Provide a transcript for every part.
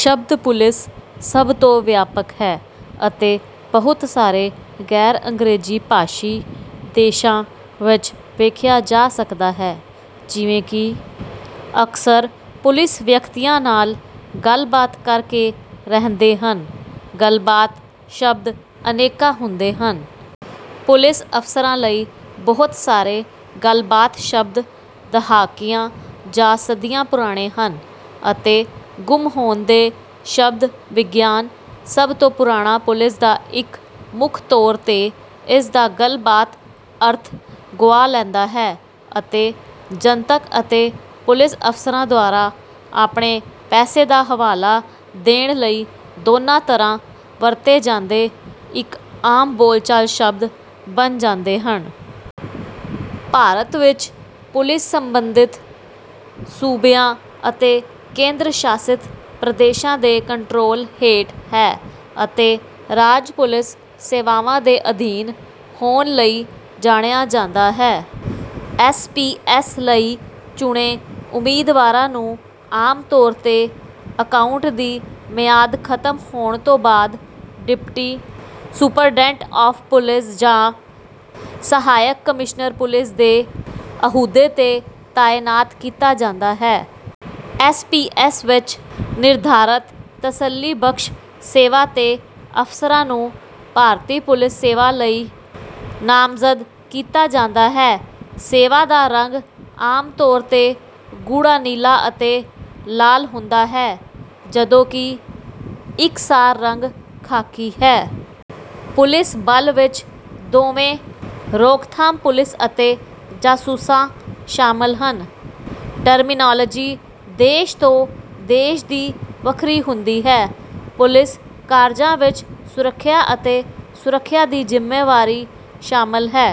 ਸ਼ਬਦ ਪੁਲਿਸ ਸਭ ਤੋਂ ਵਿਆਪਕ ਹੈ ਅਤੇ ਬਹੁਤ ਸਾਰੇ ਗੈਰ ਅੰਗਰੇਜ਼ੀ ਭਾਸ਼ੀ ਦੇਸ਼ਾਂ ਵਿੱਚ ਵੇਖਿਆ ਜਾ ਸਕਦਾ ਹੈ। ਜਿਵੇਂ ਕਿ ਅਕਸਰ ਪੁਲਿਸ ਵਿਅਕਤੀਆਂ ਨਾਲ ਗੱਲਬਾਤ ਕਰਕੇ ਰਹਿੰਦੇ ਹਨ ਗੱਲਬਾਤ ਸ਼ਬਦ ਅਨੇਕਾਂ ਹੁੰਦੇ ਹਨ। ਪੁਲਿਸ ਅਫਸਰਾਂ ਲਈ ਬਹੁਤ ਸਾਰੇ ਗੱਲਬਾਤ ਸ਼ਬਦ ਦਹਾਕਿਆਂ ਜਾਂ ਸਦੀਆਂ ਪੁਰਾਣੇ ਹਨ ਅਤੇ ਗੁੰਮ ਹੋਣ ਦੇ ਸ਼ਬਦ ਵਿਗਿਆਨ। ਸਭ ਤੋਂ ਪੁਰਾਣਾ ਪੁਲਿਸ ਦਾ ਇੱਕ ਮੁੱਖ ਤੌਰ ਤੇ ਇਸਦਾ ਗੱਲਬਾਤ ਅਰਥ ਗੁਆ ਲੈਂਦਾ ਹੈ ਅਤੇ ਜਨਤਕ ਅਤੇ ਪੁਲਿਸ ਅਫਸਰਾਂ ਦੁਆਰਾ ਆਪਣੇ ਪੇਸ਼ੇ ਦਾ ਹਵਾਲਾ ਦੇਣ ਲਈ ਦੋਨਾਂ ਤਰ੍ਹਾਂ ਵਰਤੇ ਜਾਂਦੇ ਇੱਕ ਆਮ ਬੋਲਚਾਲ ਸ਼ਬਦ ਬਣ ਜਾਂਦੇ ਹਨ। ਭਾਰਤ ਵਿੱਚ ਪੁਲਿਸ ਸੰਬੰਧਿਤ ਸੂਬਿਆਂ ਅਤੇ ਕੇਂਦਰ ਸ਼ਾਸਿਤ ਪ੍ਰਦੇਸ਼ਾਂ ਦੇ ਕੰਟਰੋਲ ਹੇਠ ਹੈ ਅਤੇ ਰਾਜ ਪੁਲਿਸ ਸੇਵਾਵਾਂ ਦੇ ਅਧੀਨ ਹੋਣ ਲਈ ਜਾਣਿਆ ਜਾਂਦਾ ਹੈ। ਐਸ ਪੀ ਐਸ ਲਈ ਚੁਣੇ ਉਮੀਦਵਾਰਾਂ ਨੂੰ ਆਮ ਤੌਰ ਤੇ ਅਕਾਉਂਟ ਦੀ ਮਿਆਦ ਖਤਮ ਹੋਣ ਤੋਂ ਬਾਅਦ ਡਿਪਟੀ ਸੁਪਰਡੈਂਟ ਆਫ ਪੁਲੀਸ ਜਾਂ ਸਹਾਇਕ ਕਮਿਸ਼ਨਰ ਪੁਲਿਸ ਦੇ ਅਹੁਦੇ ਤੇ ਤਾਇਨਾਤ ਕੀਤਾ ਜਾਂਦਾ ਹੈ। ਐਸ ਪੀ ਐਸ ਵਿੱਚ ਨਿਰਧਾਰਤ ਤਸੱਲੀਬਖਸ਼ ਸੇਵਾ ਤੇ ਅਫਸਰਾਂ ਨੂੰ ਭਾਰਤੀ ਪੁਲਿਸ ਸੇਵਾ ਲਈ ਨਾਮਜ਼ਦ ਕੀਤਾ ਜਾਂਦਾ ਹੈ। ਸੇਵਾ ਦਾ ਰੰਗ ਆਮ ਤੌਰ ਤੇ ਗੂੜਾ ਨੀਲਾ ਅਤੇ ਲਾਲ ਹੁੰਦਾ ਹੈ ਜਦੋਂ ਕਿ ਇਕਸਾਰ ਰੰਗ ਖਾਕੀ ਹੈ। ਪੁਲਿਸ ਬਲ ਵਿੱਚ ਦੋਵੇਂ ਰੋਕਥਾਮ ਪੁਲਿਸ ਅਤੇ ਜਾਸੂਸਾਂ ਸ਼ਾਮਲ ਹਨ। ਟਰਮੀਨਾਲੋਜੀ ਦੇਸ਼ ਤੋਂ ਦੇਸ਼ ਦੀ ਵੱਖਰੀ ਹੁੰਦੀ ਹੈ। ਪੁਲਿਸ ਕਾਰਜਾਂ ਵਿੱਚ ਸੁਰੱਖਿਆ ਅਤੇ ਸੁਰੱਖਿਆ ਦੀ ਜ਼ਿੰਮੇਵਾਰੀ ਸ਼ਾਮਲ ਹੈ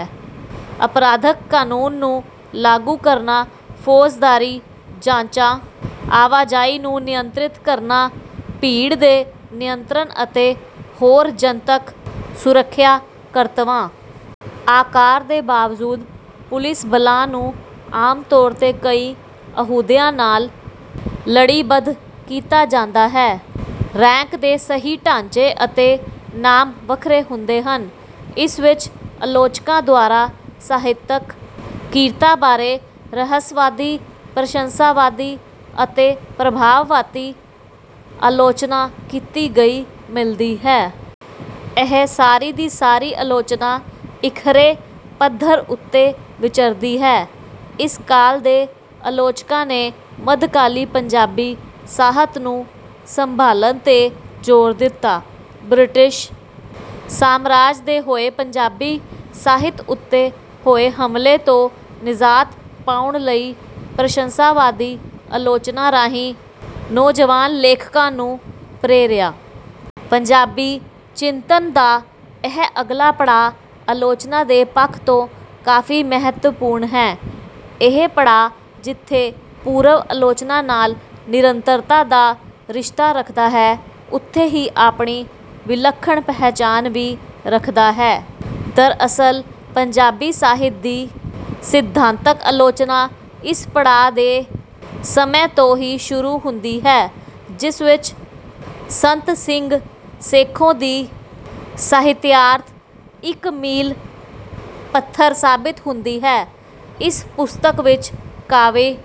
ਅਪਰਾਧਕ ਕਾਨੂੰਨ ਨੂੰ ਲਾਗੂ ਕਰਨਾ ਫੌਜਦਾਰੀ ਜਾਂਚਾਂ ਆਵਾਜਾਈ ਨੂੰ ਨਿਯੰਤ੍ਰਿਤ ਕਰਨਾ ਭੀੜ ਦੇ ਨਿਯੰਤਰਣ ਅਤੇ ਹੋਰ ਜਨਤਕ ਸੁਰੱਖਿਆ ਕਰਤੱਵਾਂ। ਆਕਾਰ ਦੇ ਬਾਵਜੂਦ ਪੁਲਿਸ ਬਲਾਂ ਨੂੰ ਆਮ ਤੌਰ ਤੇ ਕਈ ਅਹੁਦਿਆਂ ਨਾਲ ਲੜੀਬੱਧ ਕੀਤਾ ਜਾਂਦਾ ਹੈ। ਰੈਂਕ ਦੇ ਸਹੀ ਢਾਂਚੇ ਅਤੇ ਨਾਮ ਵੱਖਰੇ ਹੁੰਦੇ ਹਨ। ਇਸ ਵਿੱਚ ਆਲੋਚਕਾਂ ਦੁਆਰਾ ਸਾਹਿਤਕ ਕਿਰਤਾਂ ਬਾਰੇ ਰਹੱਸਵਾਦੀ ਪ੍ਰਸੰਸਾਵਾਦੀ ਅਤੇ ਪ੍ਰਭਾਵਵਾਦੀ ਆਲੋਚਨਾ ਕੀਤੀ ਗਈ ਮਿਲਦੀ ਹੈ। ਇਹ ਸਾਰੀ ਦੀ ਸਾਰੀ ਆਲੋਚਨਾ ਇੱਕਹਿਰੇ ਪੱਧਰ ਉੱਤੇ ਵਿਚਰਦੀ ਹੈ। ਇਸ ਕਾਲ ਦੇ ਆਲੋਚਕਾਂ ਨੇ ਮੱਧਕਾਲੀ ਪੰਜਾਬੀ ਸਾਹਿਤ ਨੂੰ ਸੰਭਾਲਨ ਤੇ ਜ਼ੋਰ ਦਿੱਤਾ। ਬ੍ਰਿਟਿਸ਼ ਸਾਮਰਾਜ ਦੇ ਹੋਏ ਪੰਜਾਬੀ ਸਾਹਿਤ ਉੱਤੇ ਹੋਏ ਹਮਲੇ ਤੋਂ ਨਿਜ਼ਾਤ ਪਾਉਣ ਲਈ ਪ੍ਰਸੰਸਾਵਾਦੀ ਆਲੋਚਨਾ ਰਾਹੀਂ ਨੌਜਵਾਨ ਲੇਖਕਾਂ ਨੂੰ ਪ੍ਰੇਰਿਆ। ਪੰਜਾਬੀ ਚਿੰਤਨ ਦਾ ਇਹ ਅਗਲਾ ਪੜਾਅ ਆਲੋਚਨਾ ਦੇ ਪੱਖ ਤੋਂ ਕਾਫੀ ਮਹੱਤਵਪੂਰਨ ਹੈ। ਇਹ ਪੜਾਅ ਜਿੱਥੇ ਪੂਰਵ ਆਲੋਚਨਾ ਨਾਲ ਨਿਰੰਤਰਤਾ ਦਾ ਰਿਸ਼ਤਾ ਰੱਖਦਾ ਹੈ ਉੱਥੇ ਹੀ ਆਪਣੀ ਵਿਲੱਖਣ ਪਹਿਚਾਣ ਵੀ ਰੱਖਦਾ ਹੈ। ਦਰਅਸਲ ਪੰਜਾਬੀ ਸਾਹਿਤ ਦੀ ਸਿਧਾਂਤਕ ਆਲੋਚਨਾ ਇਸ ਪੜਾਅ ਦੇ ਸਮੇਂ ਤੋਂ ਹੀ ਸ਼ੁਰੂ ਹੁੰਦੀ ਹੈ ਜਿਸ ਵਿੱਚ ਸੰਤ ਸਿੰਘ ਸੇਖੋਂ ਦੀ ਸਾਹਿਤਿਆਰਥ ਇੱਕ ਮੀਲ ਪੱਥਰ ਸਾਬਿਤ ਹੁੰਦੀ ਹੈ। ਇਸ ਪੁਸਤਕ ਵਿੱਚ ਕਾਵਿ।